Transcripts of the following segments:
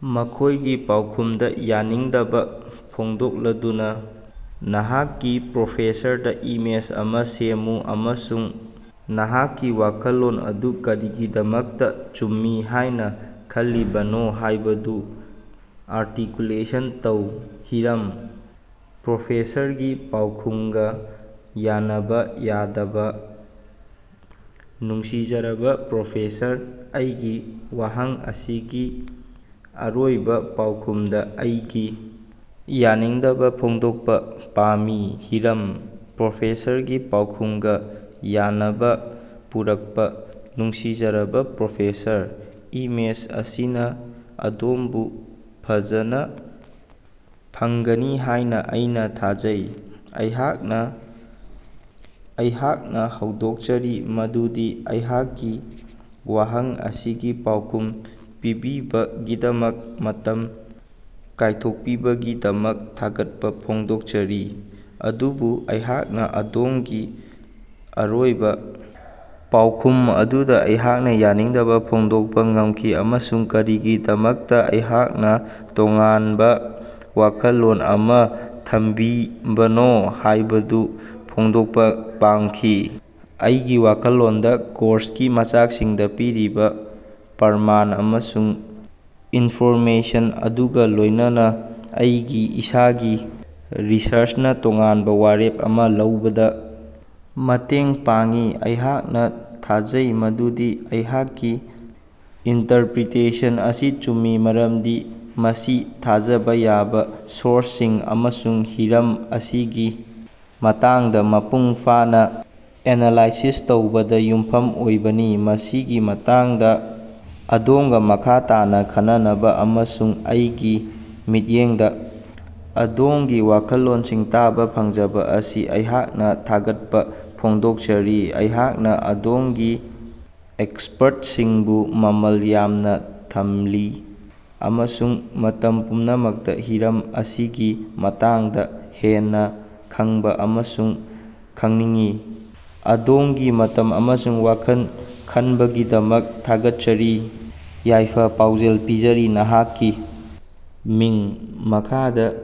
ꯃꯈꯣꯏꯒꯤ ꯄꯥꯎꯈꯨꯝꯗ ꯌꯥꯅꯤꯡꯗꯕ ꯐꯣꯡꯗꯣꯛꯂꯗꯨꯅꯥ ꯅꯍꯥꯛꯀꯤ ꯄ꯭ꯔꯣꯐꯦꯁꯔꯗ ꯏꯃꯦꯁ ꯑꯃ ꯁꯦꯝꯃꯨ ꯑꯃꯁꯨꯡ ꯅꯍꯥꯛꯀꯤ ꯋꯥꯈꯜꯂꯣꯟ ꯑꯗꯨ ꯀꯔꯤꯒꯤꯗꯃꯛꯇꯥ ꯆꯨꯝꯃꯤ ꯍꯥꯏꯅ ꯈꯜꯂꯤꯕꯅꯣ ꯍꯥꯏꯕꯗꯨ ꯑꯥꯔꯇꯤꯀꯨꯂꯦꯁꯟ ꯇꯧ꯫ ꯍꯤꯔꯝ: ꯄ꯭ꯔꯣꯐꯦꯁꯔꯒꯤ ꯄꯥꯎꯈꯨꯝꯒ ꯌꯥꯅꯕ ꯌꯥꯗꯕ ꯅꯨꯡꯁꯤꯖꯔꯕꯥ ꯄ꯭ꯔꯣꯐꯦꯁꯔ, ꯑꯩꯒꯤ ꯋꯥꯍꯪ ꯑꯁꯤꯒꯤ ꯑꯔꯣꯏꯕꯥ ꯄꯥꯎꯈꯨꯝꯗ ꯑꯩꯒꯤ ꯌꯥꯅꯤꯡꯗꯕꯥ ꯐꯣꯡꯗꯣꯛꯄ ꯄꯥꯝꯃꯤ꯫ ꯍꯤꯔꯝ: ꯄ꯭ꯔꯣꯐꯦꯁꯔꯒꯤ ꯄꯥꯎꯈꯨꯝꯒ ꯌꯥꯅꯕ ꯄꯨꯔꯛꯄꯥ ꯅꯨꯡꯁꯤꯖꯔꯕꯥ ꯄ꯭ꯔꯣꯐꯦꯁꯔ, ꯏꯃꯦꯁ ꯑꯁꯤꯅ ꯑꯗꯣꯝꯕꯨ ꯐꯖꯅꯥ ꯐꯪꯒꯅꯤ ꯍꯥꯏꯅ ꯑꯩꯅꯥꯊꯥꯖꯩ꯫ ꯑꯩꯍꯥꯛꯅ ꯍꯧꯗꯣꯛꯆꯔꯤ ꯃꯗꯨꯗꯤ ꯑꯩꯍꯥꯛꯀꯤ ꯋꯥꯍꯪ ꯑꯁꯤꯒꯤ ꯄꯥꯎꯈꯨꯝ ꯄꯤꯕꯤꯕꯒꯤꯗꯃꯛ ꯃꯇꯝ ꯀꯥꯏꯊꯣꯛꯄꯤꯕꯒꯤꯗꯃꯛ ꯊꯥꯒꯠꯄꯥ ꯐꯣꯡꯗꯣꯛꯆꯔꯤ꯫ ꯑꯗꯨꯕꯨ ꯑꯩꯍꯥꯛꯅ ꯑꯗꯣꯝꯒꯤ ꯑꯔꯣꯏꯕꯥ ꯄꯥꯎꯈꯨꯝ ꯑꯗꯨꯗꯥ ꯑꯩꯍꯥꯛꯀꯤ ꯌꯥꯅꯤꯡꯗꯕꯥ ꯐꯣꯡꯗꯣꯛꯄꯥ ꯄꯥꯝꯈꯤ ꯑꯃꯁꯨꯡ ꯀꯔꯤꯒꯤꯗꯃꯛꯇꯥ ꯑꯩꯍꯥꯛꯅ ꯇꯣꯉꯥꯟꯕ ꯋꯥꯈꯜꯂꯣꯟ ꯑꯃ ꯊꯝꯂꯤꯕꯅꯣ ꯍꯥꯏꯕꯗꯨ ꯐꯣꯡꯗꯣꯛꯄ ꯄꯥꯝꯈꯤ꯫ ꯑꯩꯒꯤ ꯋꯥꯈꯜꯂꯣꯟꯗ ꯀꯣꯔꯁꯀꯤ ꯃꯆꯥꯛꯁꯤꯡꯗ ꯄꯤꯔꯤꯕ ꯄ꯭ꯔꯃꯥꯟ ꯑꯃꯁꯨꯡ ꯏꯟꯐꯣꯔꯃꯦꯁꯟ ꯑꯗꯨꯒ ꯂꯣꯏꯅꯅꯥ ꯑꯩꯒꯤ ꯏꯁꯥꯒꯤ ꯔꯤꯁꯔꯆꯅꯥ ꯇꯣꯉꯥꯟꯕ ꯋꯥꯔꯦꯞ ꯑꯃ ꯂꯧꯕꯗ ꯃꯇꯦꯡ ꯄꯥꯡꯏ꯫ ꯑꯩꯍꯥꯛꯅ ꯊꯥꯖꯩ ꯃꯗꯨꯗꯤ ꯑꯩꯍꯥꯛꯀꯤ ꯏꯟꯇꯔꯄꯔꯤꯇꯦꯁꯟ ꯑꯁꯤ ꯆꯨꯝꯃꯤ ꯃꯔꯝꯗꯤ ꯃꯁꯤ ꯊꯥꯖꯕ ꯌꯥꯕ ꯁꯣꯔꯁꯁꯤꯡ ꯑꯃꯁꯨꯡ ꯍꯤꯔꯝ ꯑꯁꯤꯒꯤ ꯃꯇꯥꯡꯗ ꯃꯄꯨꯡ ꯐꯥꯅꯥ ꯑꯦꯅꯥꯂꯥꯏꯁꯤꯁ ꯇꯧꯕꯗ ꯌꯨꯝꯐꯝ ꯑꯣꯏꯕꯅꯤ꯫ ꯃꯁꯤꯒꯤ ꯃꯇꯥꯡꯗ ꯑꯗꯣꯝꯒꯥ ꯃꯈꯥ ꯇꯥꯅ ꯈꯟꯅꯅꯕꯥ ꯑꯃꯁꯨꯡ ꯑꯩꯒꯤ ꯃꯤꯠꯌꯦꯡꯗꯥ ꯑꯗꯣꯝꯒꯤ ꯋꯥꯈꯜꯂꯣꯟꯁꯤꯡ ꯇꯥꯕ ꯐꯪꯖꯕꯥ ꯑꯁꯤ ꯑꯩꯍꯥꯛꯅ ꯊꯥꯒꯠꯄ ꯐꯣꯡꯗꯣꯛꯆꯔꯤ꯫ ꯑꯩꯍꯥꯛꯅ ꯑꯗꯣꯝꯒꯤ ꯑꯦꯛꯁꯄꯔꯇꯁꯤꯡꯕꯨ ꯃꯃꯜ ꯌꯥꯝꯅ ꯊꯝꯂꯤ ꯑꯃꯁꯨꯡ ꯃꯇꯝ ꯄꯨꯝꯅꯃꯛꯇꯥ ꯍꯤꯔꯝ ꯑꯁꯤꯒꯤ ꯃꯇꯥꯡꯗ ꯍꯦꯟꯅꯥ ꯈꯪꯕ ꯑꯃꯁꯨꯡ ꯈꯪꯅꯤꯡꯏ꯫ ꯑꯗꯣꯝꯒꯤ ꯃꯇꯝ ꯑꯃꯁꯨꯡ ꯋꯥꯈꯜ ꯈꯟꯕꯒꯤꯗꯃꯛ ꯊꯥꯒꯠꯆꯔꯤ꯫ ꯌꯥꯏꯐ-ꯄꯥꯎꯖꯦꯜ ꯄꯤꯖꯔꯤ, ꯅꯍꯥꯛꯀꯤ ꯃꯤꯡ꯫ ꯃꯈꯥꯗ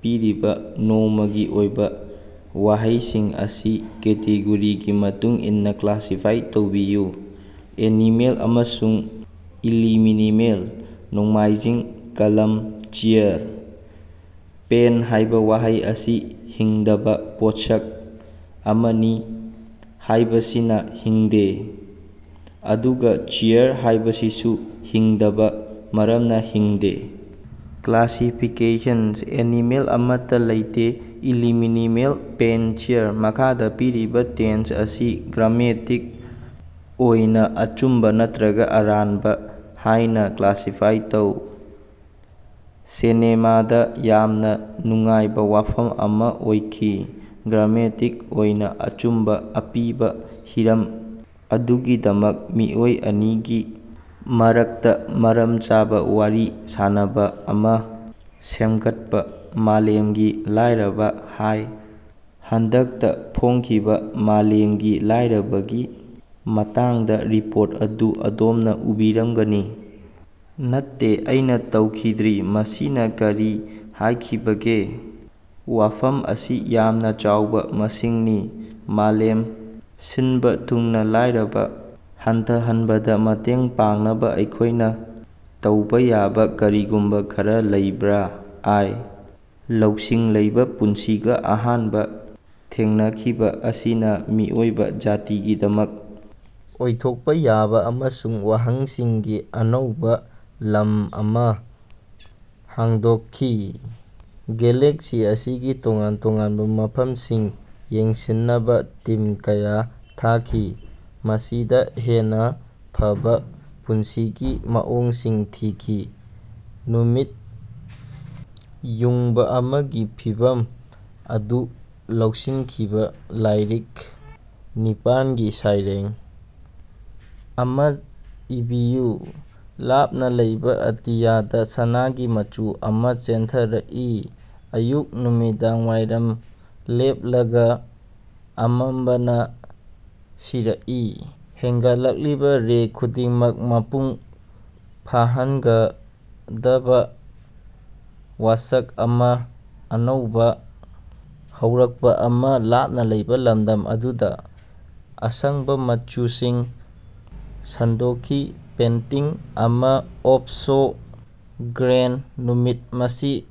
ꯄꯤꯔꯤꯕ ꯅꯣꯡꯃꯒꯤ ꯑꯣꯏꯕ ꯋꯥꯍꯩꯁꯤꯡ ꯑꯁꯤ ꯀꯦꯇꯦꯒꯣꯔꯤꯒꯤ ꯃꯇꯨꯡ ꯏꯟꯅꯥ ꯀ꯭ꯂꯥꯁꯤꯐꯥꯏ ꯇꯧꯕꯤꯌꯨ: ꯑꯦꯅꯤꯃꯦꯠ ꯑꯃꯁꯨꯡ ꯏꯂꯤꯃꯤꯅꯤꯃꯦꯠ꯫ ꯅꯣꯡꯃꯥꯏꯖꯤꯡ: ꯀꯂꯝ, ꯆꯦꯌꯥꯔ꯫ 'ꯄꯦꯟ' ꯍꯥꯏꯕ ꯋꯥꯍꯩ ꯑꯁꯤ ꯍꯤꯡꯗꯕꯥ ꯄꯣꯠꯁꯛ ꯑꯃꯅꯤ ꯍꯥꯏꯕꯁꯤꯅ ꯍꯤꯡꯗꯦ, ꯑꯗꯨꯒ 'ꯆꯦꯌꯥꯔ' ꯍꯥꯏꯕꯁꯤꯁꯨ ꯍꯤꯡꯗꯕꯥ ꯃꯔꯝꯅ ꯍꯤꯡꯗꯦ꯫ ꯀ꯭ꯂꯥꯁꯤꯐꯤꯀꯦꯁꯟ: ꯑꯦꯅꯤꯃꯦꯠ: ꯑꯃꯠꯇꯥ ꯂꯩꯇꯦ ꯏꯂꯤꯃꯤꯅꯤꯃꯦꯠ: ꯄꯦꯟ, ꯆꯦꯌꯥꯔ꯫ ꯃꯈꯥꯗ ꯄꯤꯔꯤꯕ ꯇꯦꯛꯁ ꯑꯁꯤ ꯒ꯭ꯔꯥꯃꯦꯇꯤꯛ ꯑꯣꯏꯅ ꯑꯆꯨꯝꯕ ꯅꯠꯇꯔꯒ ꯑꯔꯥꯟꯕ ꯍꯥꯏꯅ ꯀ꯭ꯂꯥꯁꯤꯐꯥꯏ ꯇꯧ꯫ ꯁꯤꯅꯦꯃꯥꯗ ꯌꯥꯝꯅ ꯅꯨꯡꯉꯥꯏꯕ ꯋꯥꯐꯝ ꯑꯃ ꯑꯣꯏꯈꯤ꯫ ꯒ꯭ꯔꯥꯃꯦꯇꯤꯛ ꯑꯣꯏꯅ ꯑꯆꯨꯝꯕ) ꯑꯄꯤꯕ ꯍꯤꯔꯝ ꯑꯗꯨꯒꯤꯗꯃꯛ ꯃꯤꯑꯣꯏ ꯑꯅꯤꯒꯤ ꯃꯔꯛꯇ ꯃꯔꯝ ꯆꯥꯕ ꯋꯥꯔꯤ ꯁꯥꯅꯕ ꯑꯃ ꯁꯦꯝꯒꯠꯄ꯫ ꯃꯥꯂꯦꯝꯒꯤ ꯂꯥꯏꯔꯕ꯫ ꯍꯥꯏ, ꯍꯟꯗꯛꯇ ꯐꯣꯡꯈꯤꯕ ꯃꯥꯂꯦꯝꯒꯤ ꯂꯥꯏꯔꯕꯒꯤ ꯃꯇꯥꯡꯗ ꯔꯤꯄꯣꯔꯠ ꯑꯗꯨ ꯑꯗꯣꯝꯅ ꯎꯕꯤꯔꯝꯒꯅꯤ? ꯅꯠꯇꯦ, ꯑꯩꯅ ꯇꯧꯈꯤꯗ꯭ꯔꯤ꯫ ꯃꯁꯤꯅ ꯀꯔꯤ ꯍꯥꯏꯈꯤꯕꯒꯦ? ꯋꯥꯐꯝ ꯑꯁꯤ ꯌꯥꯝꯅ ꯆꯥꯎꯕ ꯃꯁꯤꯡꯅꯤ꯫ ꯃꯥꯂꯦꯝ ꯁꯤꯟꯕꯥ ꯊꯨꯡꯅꯥ ꯂꯥꯏꯔꯕ ꯍꯟꯊꯍꯟꯕꯗ ꯃꯇꯦꯡ ꯄꯥꯡꯅꯕ ꯑꯩꯈꯣꯏꯅ ꯇꯧꯕ ꯌꯥꯕ ꯀꯔꯤꯒꯨꯝꯕ ꯈꯔꯥ ꯂꯩꯕꯔꯥ? ꯑꯥꯏ. ꯂꯧꯁꯤꯡ ꯂꯩꯕ ꯄꯨꯟꯁꯤꯒ ꯑꯍꯥꯟꯕ ꯊꯦꯡꯅꯈꯤꯕ ꯑꯁꯤꯅ ꯃꯤꯑꯣꯏꯕ ꯖꯥꯇꯤꯒꯤꯗꯃꯛ ꯑꯣꯏꯊꯣꯛꯄ ꯌꯥꯕ ꯑꯃꯁꯨꯡ ꯋꯥꯍꯪꯁꯤꯡꯒꯤ ꯑꯅꯧꯕ ꯂꯝ ꯑꯃ ꯍꯥꯡꯗꯣꯛꯈꯤ꯫ ꯒꯦꯂꯦꯛꯁꯤ ꯑꯁꯤꯒꯤ ꯇꯣꯉꯥꯟ ꯇꯣꯉꯥꯟꯕ ꯃꯐꯝꯁꯤꯡ ꯌꯦꯡꯁꯤꯟꯅꯕ ꯇꯤꯝ ꯀꯌꯥ ꯊꯥꯈꯤ, ꯃꯁꯤꯗ ꯍꯦꯟꯅ ꯐꯕꯥ ꯄꯨꯟꯁꯤꯒꯤ ꯃꯑꯣꯡꯁꯤꯡ ꯊꯤꯈꯤ꯫ ꯅꯨꯃꯤꯠ ꯌꯨꯡꯕꯥ ꯑꯃꯒꯤ ꯐꯤꯚꯝ ꯑꯗꯨ ꯂꯧꯁꯤꯟꯈꯤꯕ ꯂꯥꯏꯔꯤꯛ ꯅꯤꯄꯥꯜ ꯒꯤ ꯁꯩꯔꯦꯡ ꯑꯃ ꯏꯕꯤꯌꯨ꯫ ꯂꯥꯞꯅ ꯂꯩꯕ ꯑꯇꯤꯌꯥꯗ ꯁꯅꯥꯒꯤ ꯃꯉꯥꯜ ꯑꯃ ꯆꯦꯟꯊꯔꯛꯏ, ꯑꯌꯨꯛ ꯅꯨꯃꯤꯗꯥꯡꯋꯥꯏꯔꯝ ꯂꯦꯞꯂꯒ ꯑꯃꯝꯕꯅꯥ ꯁꯤꯔꯛꯏ꯫ ꯍꯦꯒꯠꯂꯛꯂꯤꯕ ꯔꯦ ꯈꯨꯗꯤꯡꯃꯛ, ꯃꯄꯨꯡ ꯐꯥꯍꯟꯒꯗꯕ ꯋꯥꯁꯛ ꯑꯃ, ꯑꯅꯧꯕ ꯍꯧꯔꯛꯄꯥ ꯑꯃ, ꯂꯥꯞꯅ ꯂꯩꯕ ꯂꯝꯗꯝ ꯑꯗꯨꯗ꯫ ꯑꯁꯥꯡꯕ ꯃꯆꯨꯁꯤꯡ ꯁꯟꯗꯣꯛꯈꯤ, ꯄꯦꯟꯇꯤꯡ ꯑꯃ ꯑꯣꯐ ꯁꯣ ꯒ꯭ꯔꯦꯟꯗ, ꯅꯨꯃꯤꯠ, ꯃꯁꯤ꯫